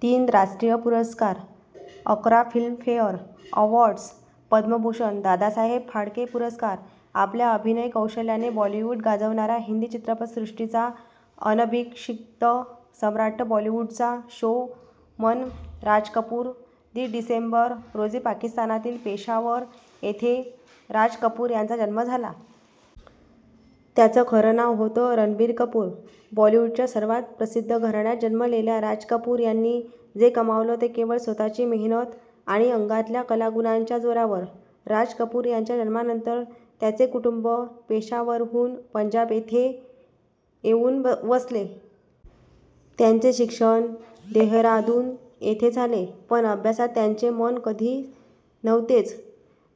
तीन राष्ट्रीय पुरस्कार, अकरा Filmfare awards, Padma Bhushan, Dadasaheb Phalke पुरस्कार. आपल्या अभिनय कौशल्याने बॉलिवूड गाजवणारा हिंदी चित्रपटसृष्टीचा अनभिषिक्त सम्राट बॉलीवूडचा ' शो मन ' राज कपूर! दि. डिसेंबर रोजी पाकिस्तानातील पेशावर येथे राज कपूर यांचा जन्म झाला. त्यांचं खरं नाव होतं रणबीर कपूर. बॉलिवुडच्या सर्वात प्रसिद्ध घराण्यात जन्मलेल्या राज कपूर यांनी जे कमावलं ते केवळ स्वतःची मेहनत आणि अंगातल्या कलागुणाच्या जोरावर. राज कपूर यांच्या जन्मानंतर त्यांचे कुटुंब पेशावरहून पंजाब येथे येऊन वसले. त्यांचे शिक्षण देहरादून येथे झाले. पण अभ्यासात त्यांचे मन कधी नव्हतेच.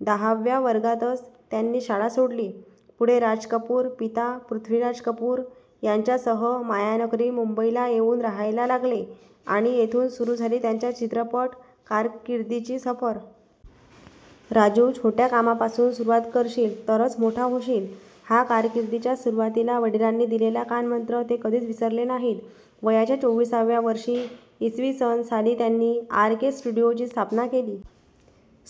दहाव्या वर्गातच त्यांनी शाळा सोडली. पुढे राज कपूर, पिता पृथ्वीराज कपूर यांच्यासह मायानगरी मुंबईला येऊन रहायला लागले आणि येथून सुरू झाली त्यांच्या चित्रपट कारकीर्दीची सफर. " राजू छोट्या कामापासून सुरुवात करशील, तरच मोठा होशील! " हा कारकीर्दीच्या सुरुवातीला वडिलांनी दिलेला कानमंत्र ते कधीच विसरले नाहीत. वयाच्या चोवीसाव्या वर्षी इ. स. साली त्यांनी ' आर के स्टुडिओ ' ची स्थापना केली.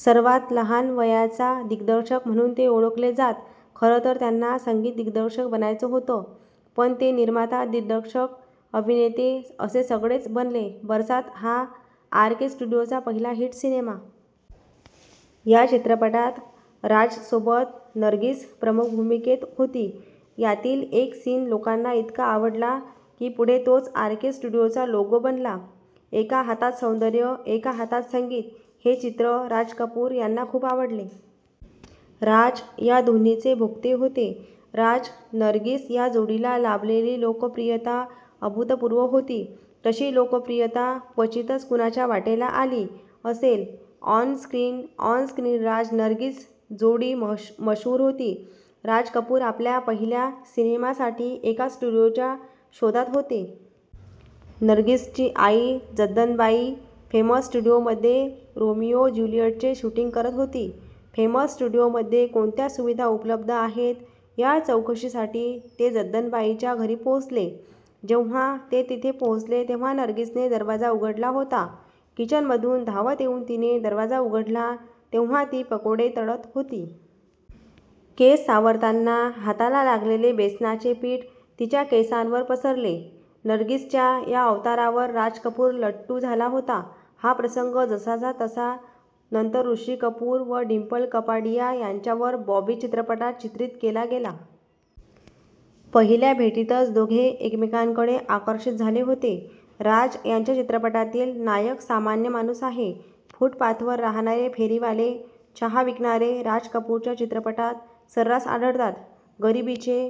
सर्वात लहान वयाचा दिग्दर्शक म्हणून ते ओळखले जात. खरं तर त्यांना संगीत दिग्दर्शक बनायचं होतं. पण ते निर्माता, दिग्दर्शक, अभिनेते असे सगळेच बनले. ' बरसात ' हा आर के स्टुडिओचा पहिला हिट सिनेमा. या चित्रपटात राज सोबत नर्गीस प्रमुख भूमिकेत होती. यातील एक सीन लोकांना इतका आवडला की, पुढे तोच आर के स्टुडिओचा लोगो बनला. एका हातात सौंदर्य, एका हातात संगीत हे चित्र राज कपूर यांना खूप आवडले. राज या दोन्हीचे भोक्ते होते. राज नर्गिस या जोडीला लाभलेली लोकप्रियता अभूतपूर्व होती. तशी लोकप्रियता क्वचितच कुणाच्या वाट्याला आली असेल. On screen, off screen Raj Nargis जोडी मशहूर होती. राज कपूर आपल्या पहिल्या सिनेमासाठी एका स्टुडिओच्या शोधात होते. नर्गिसची आई जद्दनबाई फेमस स्टुडिओमध्ये रोमिओ ज्युलिएटचे शूटिंग करत होती. फेमस स्टुडिओमध्ये कोणत्या सुविधा उपलब्ध आहेत या चौकशीसाठी ते जद्दनबाईंच्या घरी पोहोचले. जेंव्हा ते तिथे पोहोचले, तेंव्हा नर्गिसने दरवाजा उघडला होता. किचनमधून धावत येऊन तिने दरवाजा उघडला तेंव्हा ती पकोडे तळत होती. केस सावरताना हाताला लागलेले बेसनाचे पीठ तिच्या केसांवर पसरले. नर्गिसच्या या अवतारावर राज कपूर लट्टू झाला होता. हा प्रसंग जसाचा तसा नंतर ऋषी कपूर व डिंपल कापडिया यांच्यावर बॉबी चित्रपटात चित्रित केला गेला. पहिल्या भेटीतच दोघे एकमेकांकडे आकर्षित झाले होते. राज यांच्या चित्रपटातील नायक सामान्य माणूस आहे. फूटपाथवर राहणारे, फेरीवाले, चहा विकणारे राज कपूरच्या चित्रपटात सर्रास आढळतात. गरीबीचे